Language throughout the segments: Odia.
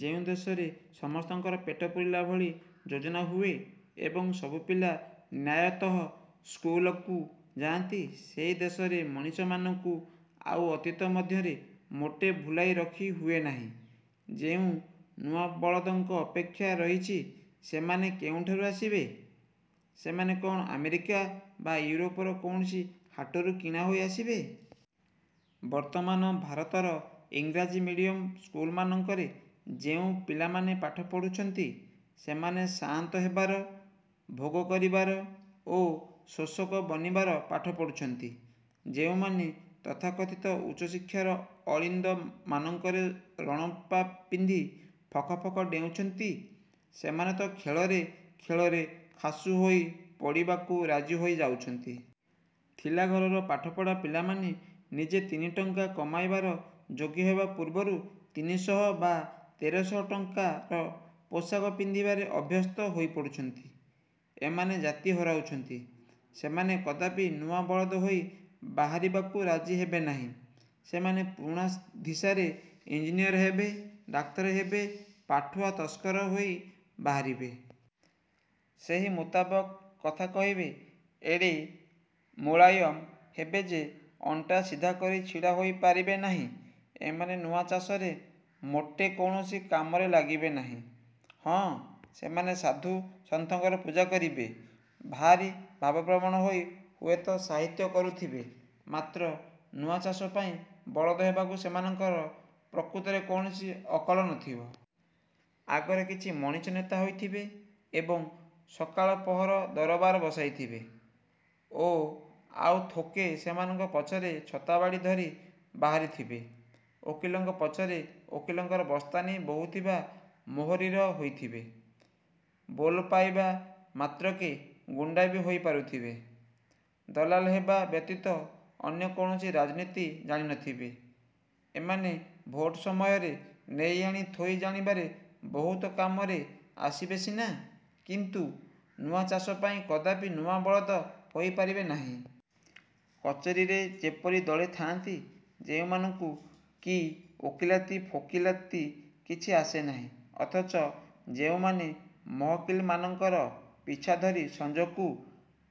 ଯେଉଁ ଦେଶରେ ସମସ୍ତଙ୍କର ପେଟ ପୂରିଲା ଭଳି ଯୋଜନା ହୁଏ ଏବଂ ସବୁ ପିଲା ନ୍ୟାୟତଃ ସ୍କୁଲକୁ ଯାଆନ୍ତି, ସେହି ଦେଶରେ ମଣିଷମାନଙ୍କୁ ଆଉ ଅତୀତ ମଧ୍ୟରେ ମୋଟେ ଭୁଲାଇ ରଖି ହୁଏନାହିଁ। ଯେଉଁ ନୂଆ ବଳଦଙ୍କ ଅପେକ୍ଷା ରହିଛି, ସେମାନେ କେଉଁଠାରୁ ଆସିବେ? ସେମାନେ କ'ଣ ଆମେରିକା ବା ୟୁରୋପର କୌଣସି ହାଟରୁ କିଣାହୋଇ ଆସିବେ? ବର୍ତ୍ତମାନ ଭାରତର ଇଂରାଜୀ ମିଡ଼ିୟମ ସ୍କୁଲମାନଙ୍କରେ ଯେଉଁ ପିଲାମାନେ ପାଠ ପଢୁଛନ୍ତି, ସେମାନେ ସାଆନ୍ତ ହେବାର, ଭୋଗ କରିବାର ଓ ଶୋଷକ ବନିବାର ପାଠ ପଢୁଛନ୍ତି। ଯେଉଁମାନେ ତଥାକଥିତ ଉଚ୍ଚଶିକ୍ଷାର ଅଳିନ୍ଦ ମାନଙ୍କରେ ରଣପା ପିନ୍ଧି ଫକ ଫକ ଡ଼େଉଁଛନ୍ତି, ସେମାନେ ତ ଖେଳରେ ଖେଳରେ ଖାସୁ ହୋଇ ପଡ଼ିବାକୁ ରାଜି ହୋଇ ଯାଉଛନ୍ତି। ଥିଲା ଘରର ପାଠପଢ଼ା ପିଲାମାନେ ନିଜେ ତିନିଟଙ୍କା କମାଇବାର ଯୋଗ୍ୟହେବା ପୂର୍ବରୁ ତିନିଶହ ବା ତେରଶହ ଟଙ୍କାର ପୋଷାକ ପିନ୍ଧିବାରେ ଅଭ୍ୟସ୍ତ ହୋଇପଡୁଛନ୍ତି। ଏମାନେ ଜାତି ହରାଉଛନ୍ତି। ସେମାନେ କଦାପି ନୂଆ ବଳଦ ହୋଇ ବାହାରିବାକୁ ରାଜି ହେବେନାହିଁ। ସେମାନେ ପୁରୁଣା ଧିସାରେ ଇଞ୍ଜିନିଅର ହେବେ, ଡାକ୍ତର ହେବେ, ପାଠୁଆ ତସ୍କର ହୋଇ ବାହାରିବେ। ସେହି ମୁତାବକ କଥା କହିବେ; ଏଡ଼େ ମୁଳାୟମ ହେବେ ଯେ ଅଣ୍ଟା ସିଧାକରି ଛିଡ଼ା ହୋଇପାରିବେ ନାହିଁ। ଏମାନେ ନୂଆ ଚାଷରେ ମୋଟେ କୌଣସି କାମରେ ଲାଗିବେ ନାହିଁ। ହଁ, ସେମାନେ ସାଧୁ ସନ୍ଥଙ୍କର ପୂଜା କରିବେ, ଭାରି ଭାବପ୍ରବଣ ହୋଇ ହୁଏତ ସାହିତ୍ୟ କରୁଥିବେ, ମାତ୍ର ନୂଆ ଚାଷ ପାଇଁ ବଳଦ ହେବାକୁ ସେମାନଙ୍କର ପ୍ରକୃତରେ କୌଣସି ଅକଲ ନଥିବ। ଆଗରେ କିଛି ମଣିଷ ନେତା ହୋଇଥିବେ, ଏବଂ ସକାଳ ପହରୁ ଦରବାର ବସାଇଥିବେ ଓ ଆଉ ଥୋକେ ସେମାନଙ୍କ ପଛରେ ଛତାବାଡ଼ି ଧରି ବାହାରିଥିବେ; ଓକିଲଙ୍କ ପଛରେ ଓକିଲଙ୍କର ବସ୍ତାନି ବୋହୁଥିବା ମୋହରିର ହୋଇଥିବେ, ବୋଲ ପାଇବା ମାତ୍ରକେ ଗୁଣ୍ଡା ବି ହୋଇ ପାରୁଥିବେ, ଦଲାଲ ହେବା ବ୍ୟତୀତ ଅନ୍ୟ କୌଣସି ରାଜନୀତି ଜାଣିନଥିବେ,- ଏମାନେ ଭୋଟ ସମୟରେ ନେଇ ଆଣି ଥୋଇ ଜାଣିବାରେ ବହୁତ କାମରେ ଆସିବେ ସିନା, କିନ୍ତୁ ନୂଆ ଚାଷ ପାଇଁ କଦାପି ନୂଆ ବଳଦ ହୋଇପାରିବେ ନାହିଁ। କଚେରୀରେ ଯେପରି ଦଳେ ଥାଆନ୍ତି, ଯେଉଁମାନଙ୍କୁ କି ଓକିଲାତି ଫୋକିଲାତି କିଛି ଆସେନାହିଁ, ଅଥଚ ଯେଉଁମାନେ ମହକିଲମାନଙ୍କର ପିଛା ଧରି ସଂଜକୁ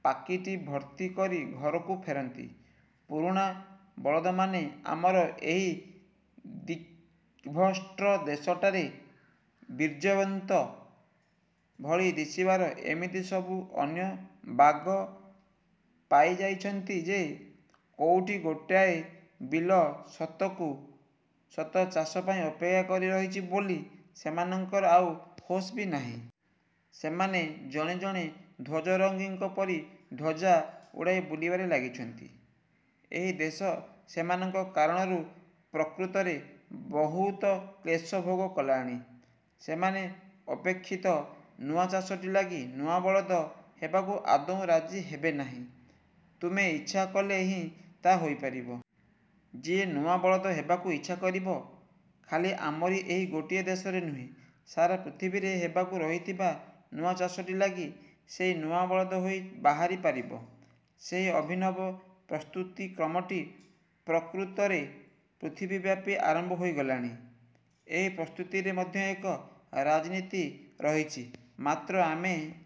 ପାକିଟି ଭର୍ତ୍ତି କରି ଘରକୁ ଫେରନ୍ତି, ପୁରୁଣା ବଳଦମାନେ ଆମର ଏହି ଦିଗ୍ଭ୍ରଷ୍ଟ ଦେଶଟାରେ ବୀର୍ଯ୍ୟବନ୍ତ ଭଳି ଦିଶିବାର ଏମିତି ସବୁ ଅନ୍ୟ ବାଗ ପାଇ ଯାଇଛନ୍ତି ଯେ, କୋଉଠି ଗୋଟାଏ ବିଲ ସତକୁ ସତ ଚାଷ ପାଇଁ ଅପେକ୍ଷା କରି ରହିଛି ବୋଲି ସେମାନଙ୍କର ଆଉ ହୋସ୍ ବି ନାହିଁ। ସେମାନେ ଜଣେ ଜଣେ ଧ୍ୱଜରଂଗୀଙ୍କ ପରି ଧ୍ୱଜା ଉଡ଼ାଇ ବୁଲିବାରେ ଲାଗିଛନ୍ତି। ଏହି ଦେଶ ସେମାନଙ୍କ କାରଣରୁ ପ୍ରକୃତରେ ବହୁତ କ୍ଳେଶ ଭୋଗ କଲାଣି। ସେମାନେ ଅପେକ୍ଷିତ ନୂଆ ଚାଷଟି ଲାଗି ନୂଆ ବଳଦ ହେବାକୁ ଆଦୌ ରାଜି ହେବେନାହିଁ। ତୁମେ ଇଚ୍ଛା କଲେ ହିଁ ତାହା ହୋଇପାରିବ। ଯିଏ ନୂଆ ବଳଦ ହେବାକୁ ଇଚ୍ଛା କରିବ, ଖାଲି ଆମରି ଏହି ଗୋଟିଏ ଦେଶରେ ନୁହେଁ, ସାରା ପୃଥିବୀରେ ହେବାକୁ ରହିଥିବା ନୂଆ ଚାଷଟି ଲାଗି ସେଇ ନୂଆ ବଳଦ ହୋଇ ବାହାରି ପାରିବ। ସେହି ଅଭିନବ ପ୍ରସ୍ତୁତିକ୍ରମଟି ପ୍ରକୃତରେ ପୃଥିବୀବ୍ୟାପୀ ଆରମ୍ଭ ହୋଇଗଲାଣି। ଏହି ପ୍ରସ୍ତୁତିରେ ମଧ୍ୟ ଏକ ରାଜନୀତି ରହିଛି, ମାତ୍ର ଆମେ